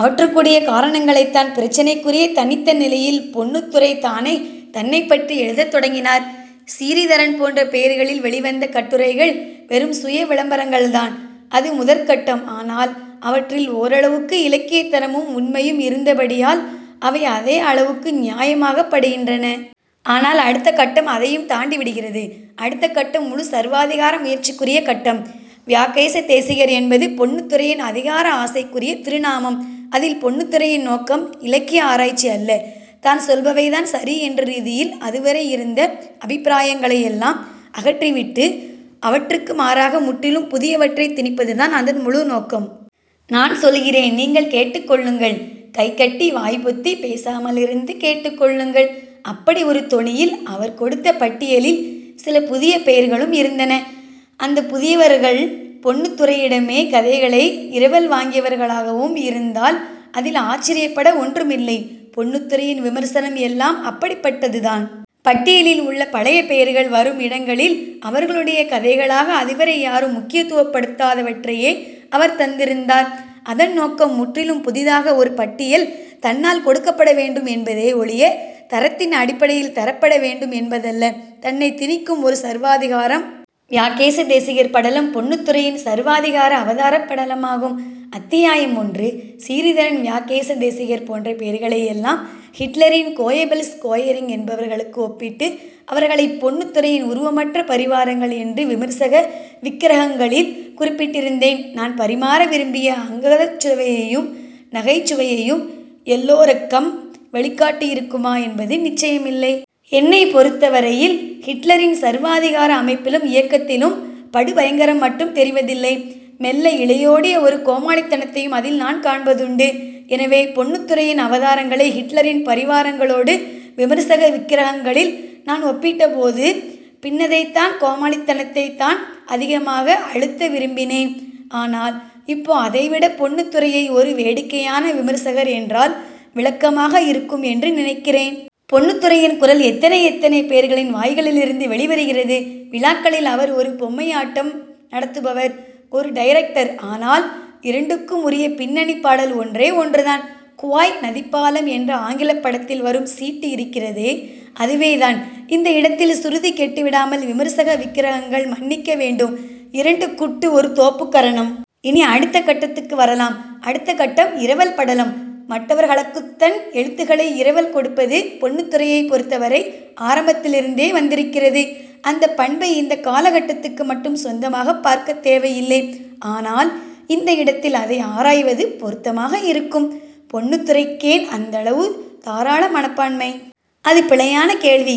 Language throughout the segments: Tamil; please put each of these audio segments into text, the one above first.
அவற்றுக்குரிய காரணங்களைத்தான். 'பிரச்சினைக்குரிய தனித்த நிலை'யில் பொன்னுத்துரை தானே தன்னைப்பற்றி எழுதத் தொடங்கினார், சிறீதரன் போன்ற பெயர்களில் வெளிவந்த கட்டுரைகள் வெறும் சுய விளம்பரங்கள்தான். அது முதற் கட்டம். ஆனால் அவற்றில் ஓரளவுக்கு இலக்கியத் தரமும் உண்மையும் இருந்தபடியால் அவை அதே அளவுக்கு நியாயமாகப் படுகின்றன. ஆனால் அடுத்த கட்டம் அதையும் தாண்டிவிடுகிறது. அடுத்த கட்டம் முழுச் சர்வாதிகார முயற்சிக்குரிய கட்டம். வியாகேச தேசிகர் என்பது பொன்னுத்துரையின் அதிகார ஆசைக்குரிய திருநாமம். அதில் பொன்னுத்துரையின் நோக்கம் இலக்கிய ஆராய்ச்சி அல்ல. தான் சொல்பவைதான் சரி என்ற ரீதியில், அதுவரை இருந்த அபிப்பிராயங்களையெல்லாம் அகற்றிவிட்டு அவற்றுக்கு மாறாக முற்றிலும் புதியவற்றை திணிப்பதுதான் அதன் முழு நோக்கம். நான் சொல்கிறேன், நீங்கள் கேட்டுக்கொள்ளுங்கள். கை கட்டி வாய் பொத்தி, பேசாமலிருந்து கேட்டுக்கொள்ளுங்கள், அப்படி ஒரு தொனியில். அவர் கொடுத்த பட்டியலில் சில புதிய பெயர்களும் இருந்தன. அந்தப் புதியவர்கள் பொன்னுத்துரையிடமே கதைகளை இரவல் வாங்கியவர்களாகவும் இருந்தால் அதில் ஆச்சரியப்பட ஒன்றுமில்லை. பொன்னுத்துரையின் விமர்சனம் எல்லாம் அப்படிப்பட்டதுதான். பட்டியலில் உள்ள பழைய பெயர்கள் வரும் இடங்களில் அவர்களுடைய கதைகளாக அதுவரை யாரும் முக்கியத்துவப்படுத்தாதவற்றையே அவர் தந்திருந்தார். அதன் நோக்கம் முற்றிலும் புதிதாக ஒரு பட்டியல் தன்னால் கொடுக்கப்பட வேண்டும் என்பதே ஒழிய, தரத்தின் அடிப்படையில் தரப்பட வேண்டும் என்பதல்ல. தன்னைத் திணிக்கும் ஒரு சர்வாதிகாரம். வியாகேசதேசிகர் படலம் பொன்னுத்துரையின் சர்வாதிகார அவதாரப் படலமாகும். அத்தியாயம் ஒன்று. சிறீதரன், வியாகேச தேசிகர் போன்ற பெயர்களை எல்லாம் ஹிட்லரின் கோயபெல்ஸ், கோயரிங் என்பவர்களுக்கு ஒப்பிட்டு அவர்களைப் பொன்னுத்துரையின் உருவமற்ற பரிவாரங்கள் என்று 'விமர்சக விக்கிரகங்களி'ல் குறிப்பிட்டிருந்தேன். நான் பரிமாற விரும்பிய அங்கதச் சுவையையும் நகைச்சுவையையும் எல்லோருக்கம் வெளிக்காட்டியிருக்குமா என்பது நிச்சயமில்லை. என்னைப் பொருத்தவரையில் ஹிட்லரின் சர்வாதிகார அமைப்பிலும் இயக்கத்திலும் படுபயங்கரம் மட்டும் தெரிவதில்லை. மெல்ல இழையோடிய ஒரு கோமாளித்தனத்தையும் அதில் நான் காண்பதுண்டு. எனவே, பொன்னுத்துரையின் அவதாரங்களை ஹிட்லரின் பரிவாரங்களோடு 'விமர்சக விக்கிரகங்களி'ல் நான் ஒப்பிட்டபோது பின்னதைத்தான், கோமாளித்தனத்தைத் தான், அதிகமாக அழுத்த விரும்பினேன். ஆனால் இப்போ அதைவிட பொன்னுத்துரையை ஒரு வேடிக்கையான விமர்சகர் என்றால் விளக்கமாக இருக்கும் என்று நினைக்கிறேன். பொன்னுத்துரையின் குரல் எத்தனை எத்தனை பேர்களின் வாய்களிலிருந்து வெளிவருகிறது. விழாக்களில் அவர் ஒரு பொம்மையாட்டம் நடத்துபவர். ஒரு டைரக்டர். ஆனால் இரண்டுக்குமுரிய பின்னணிப் பாடல் ஒன்றே ஒன்றுதான்! 'குவாய் நதிப்பாலம்' என்ற ஆங்கிலப் படத்தில் வரும் சீட்டி இருக்கிறதே அதுவேதான். இந்த இடத்தில் சுருதி கெட்டுவிடாமல், விமர்சக விக்கிரகங்கள் மன்னிக்க வேண்டும், இரண்டு குட்டு, ஒரு தோப்புக்கரணம். இனி, அடுத்த கட்டத்துக்கு வரலாம். அடுத்த கட்டம் இரவல் படலம். மற்றவர்களக்குத் தன் எழுத்துகளை இரவல் கொடுப்பது பொன்னுத்துரையைப் பொறுத்தவரை ஆரம்பத்திலிருந்தே வந்திருக்கிறது. அந்தப் பண்பை இந்தக் காலகட்டத்துக்கு மட்டும் சொந்தமாகப் பார்க்கத் தேவையில்லை. ஆனால் இந்த இடத்தில் அதை ஆராய்வது பொருத்தமாக இருக்கும். பொன்னுத்துரைக்கேன் அந்தளவு தாராள மனப்பான்மை? அது பிழையான கேள்வி.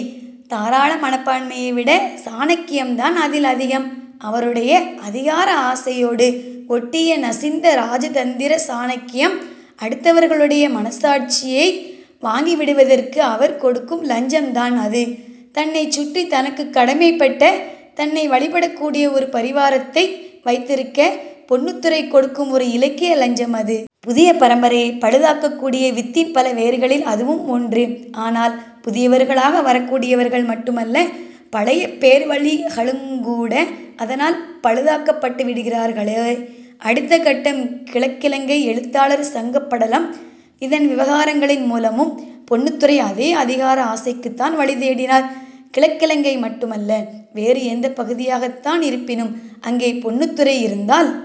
தாராள மனப்பான்மையை விட சாணக்கியம்தான் அதில் அதிகம். அவருடைய அதிகார ஆசையோடு ஒட்டிய நசிந்த ராஜதந்திர சாணக்கியம். அடுத்தவர்களுடைய மனசாட்சியை வாங்கிவிடுவதற்கு அவர் கொடுக்கும் லஞ்சம்தான் அது. தன்னைச் சுற்றி, தனக்குக் கடமைப்பட்ட, தன்னை வழிபடக்கூடிய ஒரு பரிவாரத்தை வைத்திருக்க, பொன்னுத்துரை கொடுக்கும் ஒரு இலக்கிய லஞ்சம் அது. புதிய பரம்பரையைப் பழுதாக்கக் கூடிய வித்தின் பல வேர்களில் அதுவும் ஒன்று. ஆனால் புதியவர்களாக வரக்கூடியவர்கள் மட்டுமல்ல பழைய பேர்வழிகளுங்கூட அதனால் பழுதாக்கப்பட்டுவிடுகிறார்களே! அடுத்த கட்டம் கிழக்கிலங்கை எழுத்தாளர் சங்கப்படலம். இதன் விவகாரங்களின் மூலமும் பொன்னுத்துரை அதே அதிகார ஆசைக்குத்தான் வழிதேடினார். கிழக்கிலங்கை மட்டுமல்ல, வேறு எந்தப் பகுதியாகத்தான் இருப்பினும் அங்கே பொன்னுத்துரை இருந்தால்